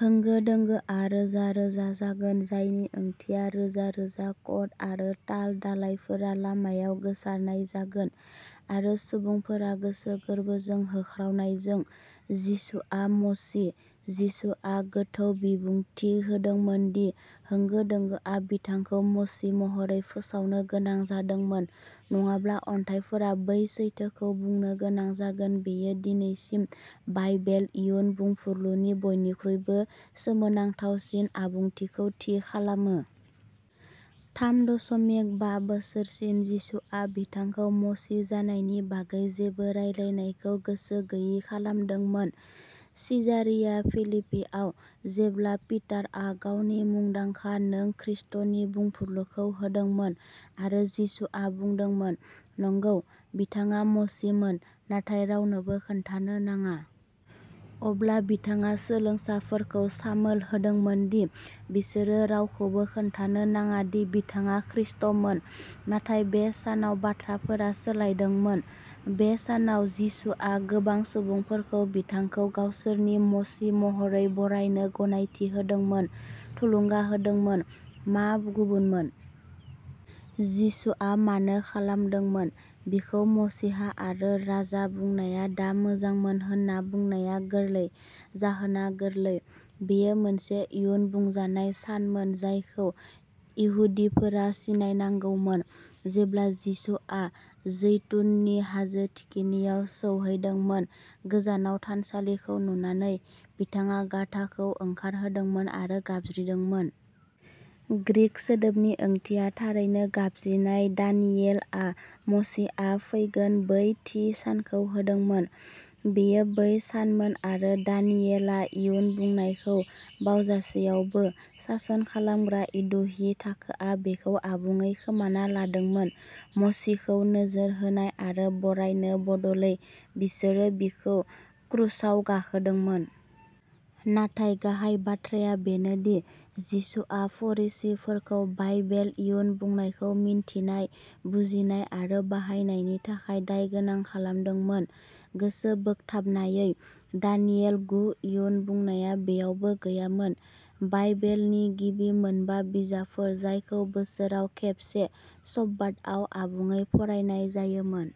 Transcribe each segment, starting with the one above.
होंगो-दोंगोआ रोजा रोजा जागोन जायनि ओंथिया रोजा-रोजा कट आरो ताल दालाइफोरा लामायाव गोसारनाय जागोन। आरो सुबुंफोरा गोसो गोर्बोजों होख्रावनायजों "जिसुआ मसी" जिसुआ गोथौ बिबुंथि होदोंमोन दि होंगो-दोंगोआ बिथांखौ मसी महरै फोसावनो गोनां जादोंमोन नङाब्ला अन्थाइफोरा बै सैथोखौ बुंनो गोनां जागोन बेयो दिनैसिम बाइबेल इयुन बुंफुरलुनि बयनिख्रुइबो सोमोनांथावसिन आबुंथिखौ थि खालामो। थाम दसमिक बा बोसोरसिम जिसुआ बिथांखौ मसी जानायनि बागै जेबो रायलायनायखौ गोसो गैयै खालामदोंमोन। सिजारिया-फिलिपिआव, जेब्ला पिटारआ गावनि मुंदांखा नों ख्रिस्ट’नि बुंफुरलुखौ होदोंमोन, आरो जिसुआ बुंदोंमोन "नंगौ", बिथाङा मसीमोन, नाथाय रावनोबो खोन्थानो नाङा। अब्ला बिथाङा सोलोंसाफोरखौ सामोल होदोंमोन दि बिसोरो रावखौबो खोन्थानो नाङा दि बिथाङा ख्रिस्ट’मोन। नाथाय बे सानाव बाथ्राफोरा सोलायदोंमोन। बे सानाव जिसुआ गोबां सुबुंफोरखौ बिथांखौ गावसोरनि मसीह महरै बरायनो गनायथि होदोंमोन, थुलुंगा होदोंमोन। मा गुबुनमोन? जिसुआ मानो खालामदोंमोन? बिखौ मसीहा आरो राजा बुंनाया दा मोजांमोन होनना बुंनाया गोरलै? जाहोना गोरलै। बेयो मोनसे इयुन बुंजानाय सानमोन जायखौ इहुदिफोरा सिनायनांगौमोन। जेब्ला जिसुआ जैतुननि हाजो थिखिनियाव सौहैदोंमोन, गोजानाव थानसालिखौ नुनानै, बिथाङा गाधाखौ ओंखारहोदोंमोन आरो गाबज्रिदोंमोन। ग्रीक सोदोबनि ओंथिया थारैनो गाबज्रिनाय दानियेलआ मसीहआ फैगोन बै थि सानखौ होदोंमोन। बेयो बै सानमोन आरो दानियेला इयुन बुंनायखौ बावजासेयावबो, सासन खालामग्रा इहुदि थाखोआ बेखौ आबुङै खोमाना लादोंमोन मसीखौ नोजोर होनाय आरो बरायनो बदलै, बिसोरो बिखौ क्रुसाव गाखोदोंमोन। नाथाय गाहाय बाथ्राया बेनो दि जिसुआ फरिसीफोरखौ बाइबेल इयुन बुंनायखौ मिन्थिनाय, बुजिनाय आरो बाहायनायनि थाखाय दायगोनां खालामदोंमोन। गोसोबोगथाबनायै, दानियेल गु इयुन बुंनाया बेयावबो गैयामोन। बाइबेलनि गिबि मोनबा बिजाबफोर जायखौ बोसोराव खेबसे शब्बात आव आबुङै फरायनाय जायोमोन।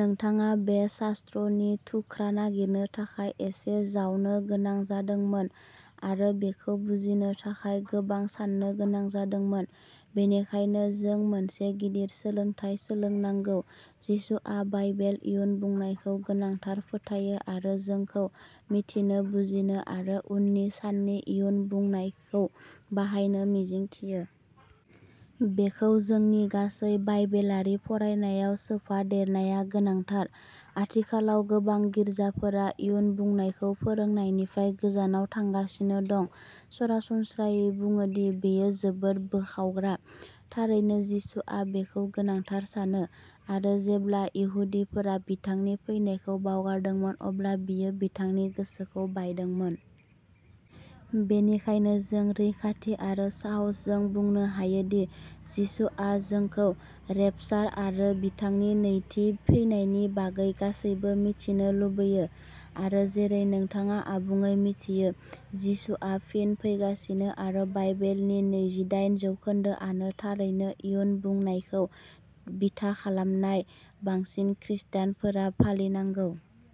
नोंथाङा बे शास्त्रनि थुख्रा नागिरनो थाखाय एसे जावनो गोनां जादोंमोन आरो बेखौ बुजिनो थाखाय गोबां साननो गोनां जादोंमोन। बेनिखायनो जों मोनसे गिदिर सोलोंथाय सोलोंनांगौ जिसुआ बाइबेल इयुन बुंनायखौ गोनांथार फोथायो आरो जोंखौ मिथिनो बुजिनो आरो उननि साननि इयुन बुंनायखौ बाहायनो मिजिंथियो। बेखौ जोंनि गासै बाइबेलारि फरायनायाव सोफादेरनाया गोनांथार। आथिखालाव गोबां गिर्जाफोरा इयुन बुंनायखौ फोरोंनायनिफ्राय गोजानाव थांगासिनो दं सरासनस्रायै बुङो दि बेयो जोबोद बोखावग्रा। थारैनो जिसुआ बेखौ गोनांथार सानो। आरो जेब्ला इहुदिफोरा बिथांनि फैनायखौ बावगारदोंमोन अब्ला बियो बिथांनि गोसोखौ बायदोंमोन। बेनिखायनो जों रैखाथि आरो साहसजों बुंनो हायो दि जिसुआ जोंखौ रेपचार आरो बिथांनि नैथि फैनायनि बागै गासिबो मिथिनो लुगैयो। आरो जेरै नोंथाङा आबुङै मिथियो, जिसुआ फिन फैगासिनो आरो बाइबेलनि नैजिदाइन जौखोन्दोआनो थारैनो इयुन बुंनायखौ बिथा खालामनाय, बांसिन ख्रिस्टियानफोरा फालिनांगौ।